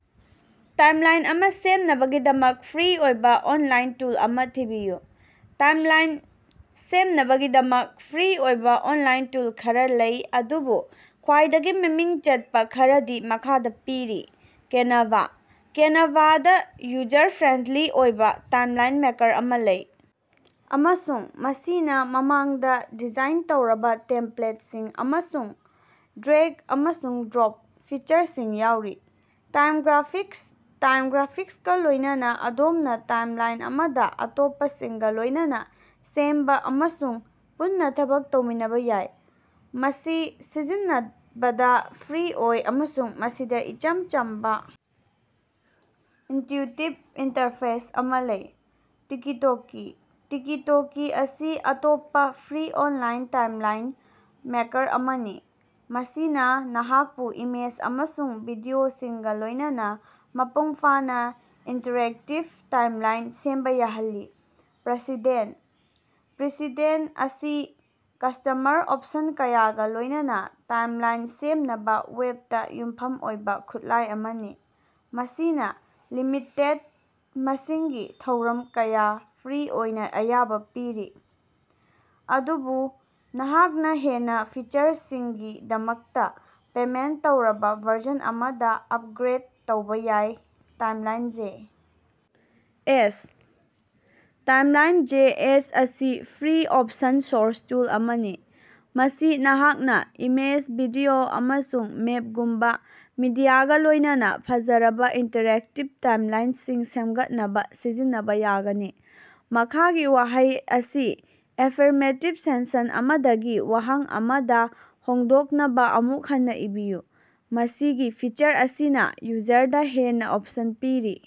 Timeline ꯑꯃ ꯁꯦꯝꯅꯕꯒꯤꯗꯃꯛ free ꯑꯣꯏꯕ ꯑꯣꯟꯂꯥꯏꯟ ꯇꯨꯜ ꯑꯃ ꯊꯤꯕꯤꯌꯨ꯫ ꯇꯥꯏꯝꯂꯥꯏꯟ ꯁꯦꯝꯅꯕꯒꯤꯗꯃꯛ ꯐ꯭ꯔꯤ ꯑꯣꯏꯕ ꯑꯣꯟꯂꯥꯏꯟ ꯇꯨꯜ ꯈꯔ ꯂꯩ, ꯑꯗꯨꯕꯨ ꯈ꯭ꯋꯥꯏꯗꯒꯤ ꯃꯃꯤꯡ ꯆꯠꯄ ꯈꯔꯗꯤ ꯃꯈꯥꯗ ꯄꯤꯔꯤ: ꯀꯦꯅꯚꯥ: ꯀꯦꯅꯚꯥꯗ ꯌꯨꯖꯔ ꯐ꯭ꯔꯦꯟꯗꯂꯤ ꯑꯣꯏꯕ ꯇꯥꯏꯝꯂꯥꯏꯟ ꯃꯦꯀꯔ ꯑꯃ ꯂꯩ ꯑꯃꯁꯨꯡ ꯃꯁꯤꯅ ꯃꯃꯥꯡꯗ ꯗꯤꯖꯥꯏꯟ ꯇꯧꯔꯕ ꯇꯦꯝꯄꯂꯦꯠꯁꯤꯡ ꯑꯃꯁꯨꯡ ꯗ꯭ꯔꯦꯒ- ꯑꯃꯁꯨꯡ-ꯗ꯭ꯔꯣꯞ ꯐꯤꯆꯔꯁꯤꯡ ꯌꯥꯎꯔꯤ꯫ ꯇꯥꯏꯝꯒ꯭ꯔꯥꯐꯤꯛꯁ: ꯇꯥꯏꯝꯒ꯭ꯔꯥꯐꯤꯛꯁꯀ ꯂꯣꯏꯅꯅ ꯑꯗꯣꯝꯅ ꯇꯥꯏꯝꯂꯥꯏꯟ ꯑꯃꯗ ꯑꯇꯣꯞꯄꯁꯤꯡꯒ ꯂꯣꯏꯅꯅ ꯁꯦꯝꯕ ꯑꯃꯁꯨꯡ ꯄꯨꯟꯅ ꯊꯕꯛ ꯇꯧꯃꯤꯟꯅꯕ ꯌꯥꯏ꯫ ꯃꯁꯤ ꯁꯤꯖꯤꯟꯅꯕꯗ ꯐ꯭ꯔꯤ ꯑꯣꯏ ꯑꯃꯁꯨꯡ ꯃꯁꯤꯗ ꯏꯆꯝ ꯆꯝꯕ, ꯏꯟꯇ꯭ꯌꯨꯇꯤꯞ ꯏꯟꯇꯔꯐꯦꯁ ꯑꯃꯥ ꯂꯩ꯫ ꯇꯤꯀꯤ-ꯇꯣꯀꯤ: ꯇꯤꯀꯤ-ꯇꯣꯀꯤ ꯑꯁꯤ ꯑꯇꯣꯞꯄꯥ ꯐ꯭ꯔꯤ ꯑꯣꯅꯂꯥꯏꯟ ꯇꯥꯏꯝꯂꯥꯏꯟ ꯃꯦꯀꯔ ꯑꯃꯅꯤ ꯃꯁꯤꯅ ꯅꯍꯥꯛꯄꯨ ꯏꯃꯦꯖ ꯑꯃꯁꯨꯡ ꯚꯤꯗꯤꯑꯣꯁꯤꯡꯒ ꯂꯣꯏꯅꯅ ꯃꯄꯨꯡ ꯐꯥꯅ ꯏꯟꯇꯔꯦꯛꯇꯤꯕ ꯇꯥꯏꯝꯂꯥꯏꯟ ꯁꯦꯝꯕ ꯌꯥꯍꯜꯂꯤ꯫ ꯄ꯭ꯔꯤꯁꯤꯗꯦꯟ: ꯄ꯭ꯔꯤꯁꯦꯗꯦꯟ ꯑꯁꯤ ꯀꯁ꯭ꯇꯃꯔ ꯑꯣꯞꯁꯟ ꯀꯌꯥꯒ ꯂꯣꯏꯅꯅ ꯇꯥꯏꯝꯂꯥꯏꯟ ꯁꯦꯝꯅꯕ ꯋꯦꯕꯇ ꯌꯨꯝꯐꯝ ꯑꯣꯏꯕ ꯈꯨꯠꯂꯥꯏ ꯑꯃꯅꯤ꯫ ꯃꯁꯤꯅ ꯂꯤꯃꯤꯇꯦꯗ ꯃꯁꯤꯡꯒꯤ ꯊꯧꯔꯝ ꯀꯌꯥ ꯐ꯭ꯔꯤ ꯑꯣꯏꯅ ꯑꯌꯥꯕꯥ ꯄꯤꯔꯤ, ꯑꯗꯨꯕꯨ ꯅꯍꯥꯛꯅ ꯍꯦꯟꯅ ꯐꯤꯆꯔꯁꯤꯡꯒꯤꯗꯃꯛꯇ ꯄꯦꯃꯦꯟꯠ ꯇꯧꯔꯕ ꯚꯔꯖꯟ ꯑꯃꯗ ꯑꯄꯒ꯭ꯔꯦꯗ ꯇꯧꯕ ꯌꯥꯏ꯫ Timeline J. ꯑꯦꯁ.: ꯇꯥꯏꯝꯂꯥꯏꯟꯖꯦꯑꯦꯁ ꯑꯁꯤ ꯐ꯭ꯔꯤ, ꯑꯣꯄꯟ-ꯁꯣꯔꯁ ꯇꯨꯜ ꯑꯃꯅꯤ, ꯃꯁꯤ ꯅꯍꯥꯛꯅ ꯏꯃꯦꯖ, ꯚꯤꯗꯤꯑꯣ, ꯑꯃꯁꯨꯡ ꯃꯦꯞꯒꯨꯝꯕꯥ ꯃꯤꯗꯤꯌꯥꯒꯥ ꯂꯣꯏꯅꯅ ꯐꯖꯔꯕ ꯏꯟꯇꯔꯦꯛꯇꯤꯕ ꯇꯥꯏꯝꯂꯥꯏꯅꯁꯤꯡ ꯁꯦꯃꯒꯠꯅꯕ ꯁꯤꯖꯤꯟꯅꯕ ꯌꯥꯒꯅꯤ꯫ ꯃꯈꯥꯒꯤ ꯋꯥꯍꯩ ꯑꯁꯤ ꯑꯦꯐꯦꯔꯃꯦꯇꯤꯕ ꯁꯦꯟꯁꯟ ꯑꯃꯗꯒꯤ ꯋꯥꯍꯪ ꯑꯃꯗ ꯍꯣꯡꯗꯣꯛꯅꯕ ꯑꯃꯨꯛ ꯍꯟꯅ ꯏꯕꯤꯌꯨ꯫ ꯃꯁꯤꯒꯤ ꯐꯤꯆꯔ ꯑꯁꯤꯅ ꯌꯨꯖꯔꯗ ꯍꯦꯟꯅ ꯑꯣꯞꯁꯟ ꯄꯤꯔꯤ꯫